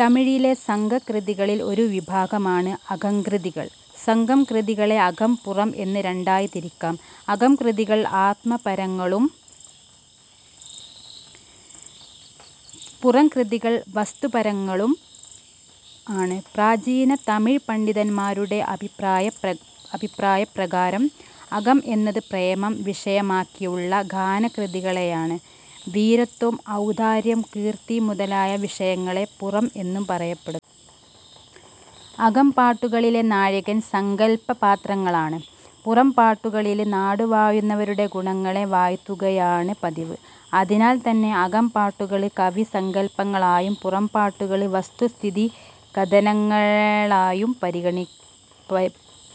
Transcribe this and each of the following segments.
തമിഴിലെ സംഘകൃതികളിൽ ഒരു വിഭാഗമാണ് അകംകൃതികൾ. സംഘം കൃതി കളെ അകം, പുറം എന്ന് രണ്ടായി തിരിക്കാം. അകം കൃതികൾ ആത്മപരങ്ങളും പുറം കൃതികൾ വസ്തുപരങ്ങളും ആണ്. പ്രാചീന തമിഴ് പണ്ഡിതന്മാരുടെ അഭിപ്രായപ്രകാരം അകം എന്നത് പ്രേമം വിഷയമാക്കിയുള്ള ഗാനകൃതികളെയാണ്.. വീരത്വം, ഔദാര്യം, കീർത്തി മുതലായ വിഷയങ്ങളെ 'പുറം' എന്നും പറയപ്പെടുന്നു. അകംപാട്ടുകളിലെ നായകൻ സങ്കല്പപാത്രങ്ങളാണ്. പുറംപാട്ടുകളില് നാടുവാഴുന്നവരുടെ ഗുണങ്ങളെ വാഴ്ത്തുകയാണ് പതിവ്. അതിനാൽതന്നെ അകംപാട്ടുകള് കവിസങ്കല്പങ്ങളായും പുറംപാട്ടുകള് വസ്തുസ്ഥിതികഥനങ്ങളായും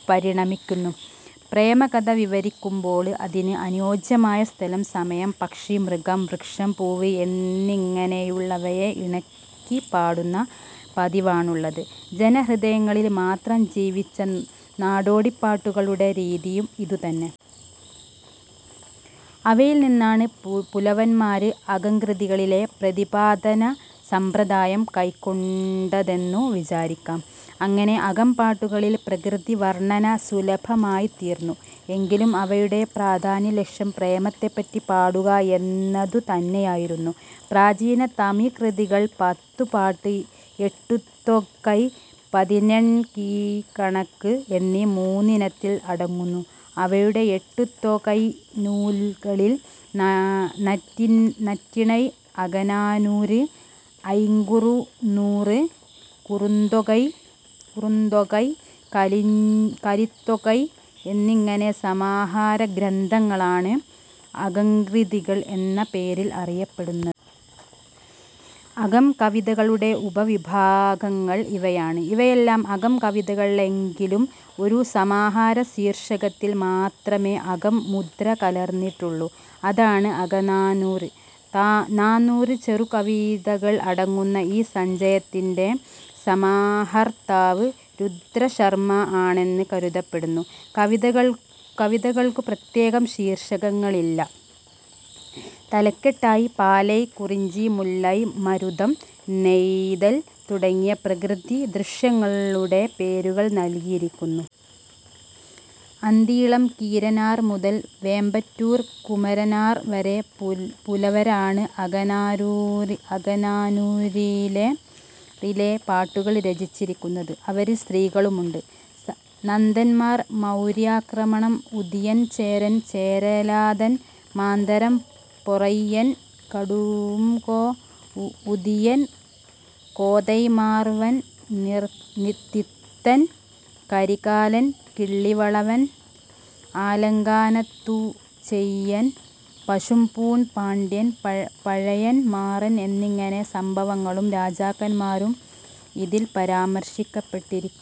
പരിണമിക്കുന്നു. പ്രേമകഥ വിവരിക്കുമ്പോള് അതിന് അനുയോജ്യമായ സ്ഥലം, സമയം, പക്ഷി, മൃഗം, വൃക്ഷം, പൂവ് എന്നിങ്ങനെയുള്ളവയെ ഇണക്കി പാടുന്ന പതിവാണുള്ളത്. ജനഹൃദയങ്ങളില് മാത്രം ജീവിച്ച നാടോടിപ്പാട്ടുകളുടെ രീതിയും ഇതുതന്നെ. അവയിൽ നിന്നാണ് പുലവന്മാര് അകംകൃതികളിലെ പ്രതിപാദനസമ്പ്രദായം കൈക്കൊണ്ടതെന്നു വിചാരിക്കാം. അങ്ങനെ അകംപാട്ടുകളിൽ പ്രകൃതിവർണന സുലഭമായിത്തീർന്നു. എങ്കിലും അവയുടെ പ്രധാനലക്ഷ്യം പ്രേമത്തെപ്പറ്റി പാടുക എന്നതുതന്നെയായിരുന്നു. പ്രാചീന തമിഴ്കൃതികൾ പത്തുപ്പാട്ട്, എട്ടുത്തൊകൈ, പതിനെണ്കീഴ്കണക്ക് എന്നീ മൂന്നിനത്തിൽ അടങ്ങുന്നു. അവയുടെ എട്ടുത്തൊകൈനൂല്കളിൽ നറ്റിണൈ, അകനാനൂറ്, ഐങ്കുറുന്നൂറ്, കുറുന്തൊകൈ, കലിത്തൊകൈ എന്നിങ്ങനെ സമാഹാരഗ്രന്ഥങ്ങളാണ് അകംകൃതികൾ എന്ന പേരിൽ അറിയപ്പെടുന്നത്. അകം കവിതകളുടെ ഉപ വിഭാഗങ്ങൾ ഇവയാണ്. ഇവയെല്ലാം അകം കവിതകളെങ്കിലും ഒരു സമാഹാര ശീർഷകത്തിൽ മാത്രമേ 'അകം'മുദ്ര കലർന്നിട്ടുള്ളൂ. അതാണ് അകനാനൂറ്. നാനൂറ് ചെറു കവിതകൾ അടങ്ങുന്ന ഈ സഞ്ചയത്തിന്റെ സമാഹർത്താവ് രുദ്രശർമ്മാ ആണെന്ന് കരുതപ്പെടുന്നു. കവിതകൾക്കു പ്രത്യേകം ശീർഷകങ്ങളില്ല. തലക്കെട്ടായി പാലൈ, കുറിഞ്ചി, മുല്ലൈ, മരുതം, നെയ്തൽ തുടങ്ങിയ പ്രകൃതി ദൃശ്യങ്ങളുടെ പേരുകൾ നൽകിയിരിക്കുന്നു. അന്തിയിളം കീരനാർ മുതൽ വേമ്പറ്റൂർ കുമരനാർ വരെ പുലവരാണ് അകനാനൂറിലെ പാട്ടുകൾ രചിച്ചിരിക്കുന്നത്. അവരിൽ സ്ത്രീകളുമുണ്ട്. നന്ദൻമാർ, മൗര്യാക്രമണം, ഉതിയൻചേരൻ, ചേരലാതൻ, മാന്തരംപൊറൈയൻ, കടുംകോ, ഉതിയൻ, കോതൈമാർവൻ, തിത്തൻ, കരികാലൻ, കിള്ളിവളവൻ, ആലങ്കാനത്തുചെഴിയൻ, പശുംപൂൺ പാണ്ഡ്യൻ, പഴയൻ മാറൻ എന്നിങ്ങനെ സംഭവങ്ങളും രാജാക്കന്മാരും ഇതിൽ പരാമർശിക്കപ്പെട്ടിരിക്കുന്നു.